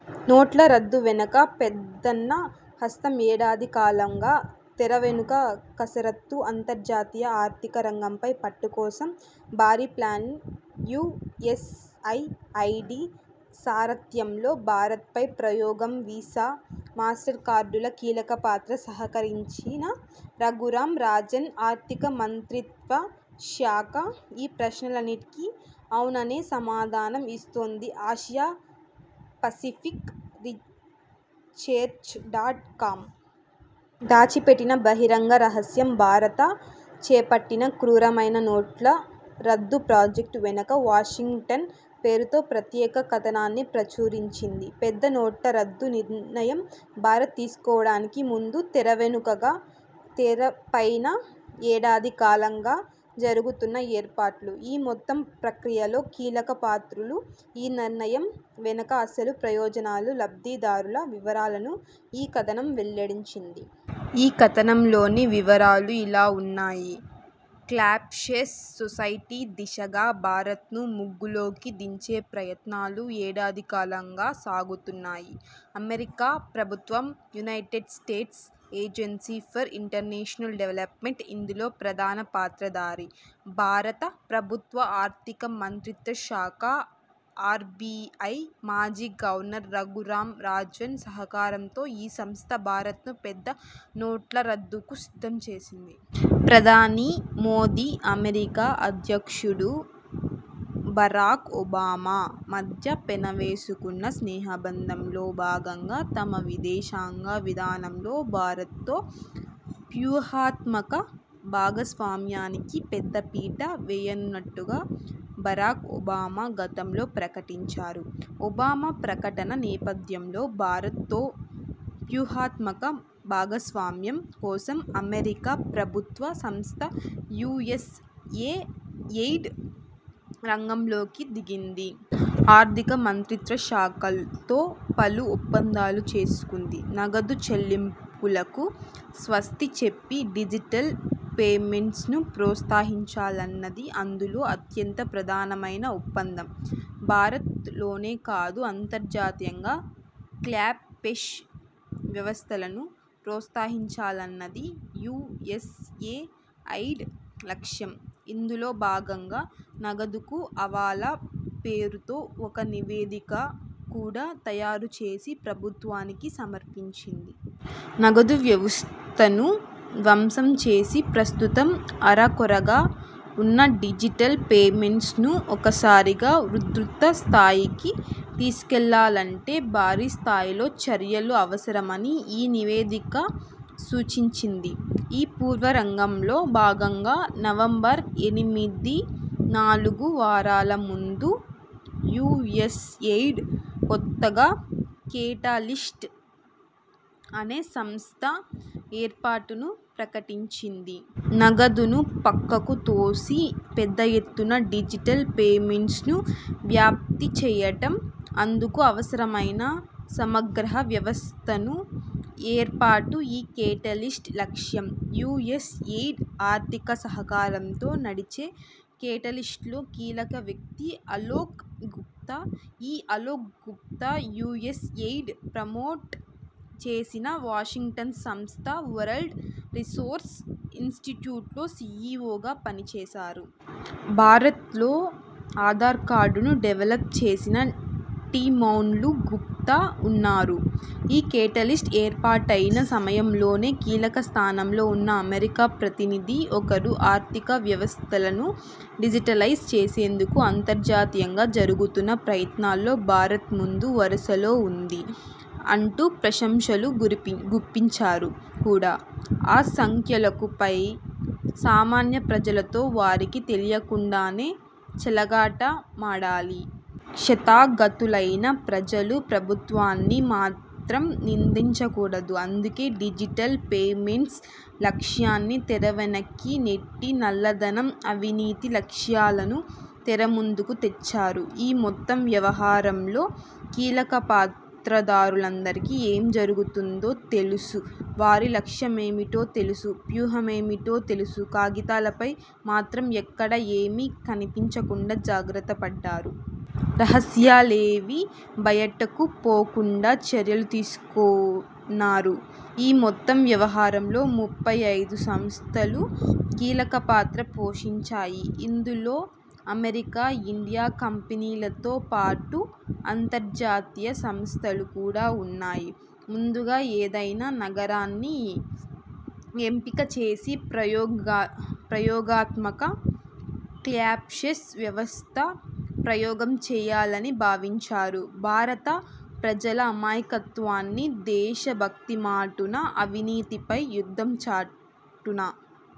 నోట్ల రద్దు వెనక పెద్దన్న హస్తం ఏడాది కాలంగా తెరవెనుక కసరత్తు అంతర్జాతీయ ఆర్థిక రంగంపై పట్టుకోసం భారీ plan U S A ID సారథ్యంలో భారత్ పై ప్రయోగం వీసా, మాస్టర్ కార్డుల కీలకపాత్ర సహకరించిన రఘురామ్ రాజన్, ఆర్థిక మంత్రిత్వ శాఖ ఈ ప్రశ్నలన్నింటికీ ఔననే సమాధానం ఇస్తోంది Asia Pacific Research dot com. ''దాచిపెట్టిన బహిరంగ రహస్యం భారత చేపట్టిన క్రూరమైన నోట్ల రద్దు ప్రాజెక్టు వెనక వాషింగ్టన్'' పేరుతో ప్రత్యేక కథనాన్ని ప్రచురించింది. పెద్ద నోట్ల రద్దు నిర్ణయం భారత తీసుకోవడానికి ముందు, తెరవెనుకా, తెరపైనా ఏడాది కాలంగా జరుగుతున్న 'ఏర్పాట్లు', ఈ మొత్తం ప్రక్రియలో కీలక పాత్రధారులు, ఈ నిర్ణయం వెనక అసలు ప్రయోజనాలు, లబ్దిదారుల వివరాలను ఈ కథనం వెల్లడించింది. ఈ కథనంలోని వివరాలు ఇలా ఉన్నాయి. క్యాష్లెస్ సొసైటీ దిశగా భారతను ముగ్గులోకి దించే ప్రయత్నాలు ఏడాదికాలంగా సాగుతున్నాయి. అమెరికా ప్రభుత్వం United States Agency for International Development ఇందులో ప్రధాన పాత్రధారి. భారత ప్రభుత్వ ఆర్థిక మంత్రిత్వ శాఖ, ఆర్బిఐ మాజీ గవర్నర్ రఘురామ్ రాజన్ సహకారంతో ఈ సంస్థ భారతను పెద్ద నోట్ల రద్దుకు సిద్ధం చేసింది. ప్రధాని మోదీ, అమెరికా అధ్యక్షుడు బరాక్ ఒబామా మధ్య పెనవేసుకున్న స్నేహబంధంలో భాగంగా తమ విదేశాంగ విధానంలో భారత్ తో వ్యూహాత్మక భాగస్వామ్యానికి పెద్దపీట వేయనున్నట్టుగా బరాక్ ఒబామా గతంలో ప్రకటించారు. ఒబామా ప్రకటన నేపథ్యంలో భారతతో వ్యూహాత్మక భాగస్వామ్యం కోసం అమెరికా ప్రభుత్వ సంస్థ యుఎస్ఏ ఎయిడ్ రంగంలోకి దిగింది. ఆర్థిక మంత్రిత్వ శకల తో పలు ఒప్పందాలు చేసుకుంది. నగదు చెల్లింపులకు స్వస్తి చెప్పి డిజిటల్ పేమెంట్స్ను ప్రోత్సహించాలన్నది అందులో అత్యంత ప్రధానమైన ఒప్పందం. భారత్ లోనే కాదు అంతర్జాతీయంగా క్యాష్లెస్ వ్యవస్థలను ప్రోత్సహించాలన్నది యుఎస్ఏ ఎయిడ్ లక్ష్యం. ఇందులో భాగంగా '' నగదుకు ఆవల'' పేరుతో ఒక నివేదిక కూడా తయారు చేసి ప్రభుత్వానికి సమర్పించింది. నగదు వ్యవస్థను ధ్వంసం చేసి, ప్రస్తుతం అరకొరగా ఉన్న డిజిటల్ పేమెంట్స్ను ఒక్కసారిగా ఉధృత స్థాయికి తీసుకెళ్లాలంటే భారీ స్థాయిలో చర్యలు అవసరమని ఈ నివేదిక సూచించింది. ఈ పూర్వరంగంలో భాగంగా నవంబర్ ఎనిమిదికి నాలుగు వారాల ముందు, యుఎ్సఎయిడ్ కొత్తగా కేటలిస్ట్ అనే సంస్థ ఏర్పాటును ప్రకటించింది. నగదును పక్కకు తోసి పెద్ద ఎత్తున డిజిటల్ పేమెంట్స్ను వ్యాప్తిచేయడం, అందుకు అవసరమైన సమగ్ర వ్యవస్థ ఏర్పాటు ఈ కేటలిస్ట్ లక్ష్యం. యుఎస్ ఎయిడ్ ఆర్థిక సహకారంతో నడిచే కేటలిస్ట్లో కీలక వ్యక్తి అలోక్ గుప్తా. ఈ Alok Gupta, US aid promote చేసిన వాషింగ్టన్ సంస్థ వరల్డ్ రీసోర్స్ ఇనిస్టిట్యూట్లో సిఇఒగా పనిచేశారు. భారతలో ఆధార్ కార్డును డెవలప్ చేసిన టీమ్లోనూ గుప్తా ఉన్నారు. ఈ కేటలిస్ట్ ఏర్పాటైన సమయంలోనే కీలకస్థానంలో ఉన్న అమెరికా ప్రతినిధి ఒకరు, ''ఆర్థిక వ్యవస్థలను డిజిటలైజ్ చేసేందుకు అంతర్జాతీయంగా జరుగుతున్న ప్రయత్నాల్లో భారత ముందు వరుసలో ఉంది'' అంటూ ప్రశ ప్రశంసలు గుప్పించారు కూడా. అసంఖ్యాకులపై సామాన్య ప్రజలతో వారికి తెలియకుండానే చెలగాటమాడాలి. క్షతాగతూలైన ప్రజలు ప్రభుత్వాన్ని మాత్రం నిందించ కూడదు. అందుకే డిజిటల్ పేమెంట్స్ లక్ష్యాన్ని తెరవెనక్కి నెట్టి, నల్లధనం, అవినీతి లక్ష్యాలను తెరముందుకు తెచ్చారు. ఈ మొత్తం వ్యవహారంలో కీలకపాత్రధారులందరికీ ఏం జరుగుతుందో తెలుసు, వారి లక్ష్యమేమిటో తెలుసు, వ్యూహమేమిటో తెలుసు.. కాగితాలపై మాత్రం ఎక్కడా ఏమీ కనిపించకుండా జాగ్రత్తపడ్డారు. రహస్యాలేవీ బయటకు పొకుకుండా చర్యలు తీసుకున్నారు. ఈ మొత్తం వ్యవహారంలో ముప్పై ఐదు సంస్థలు కీలకపాత్ర పోషించాయి. ఇందులో అమెరికా, ఇండియా కంపెనీలతో పాటు అంతర్జాతీయ సంస్థలు కూడా ఉన్నాయి. ముందుగా ఏదైనా నగరాన్ని ఎంపిక చేసి ప్రయోగ ప్రయోగాత్మకంగా క్యాష్స్ వ్యవస్థ ప్రయోగం చేయాలని భావించారు. భారత ప్రజల అమాయకత్వాన్ని, దేశభక్తిమాటున, అవినీతిపై యుద్ధం చాటిన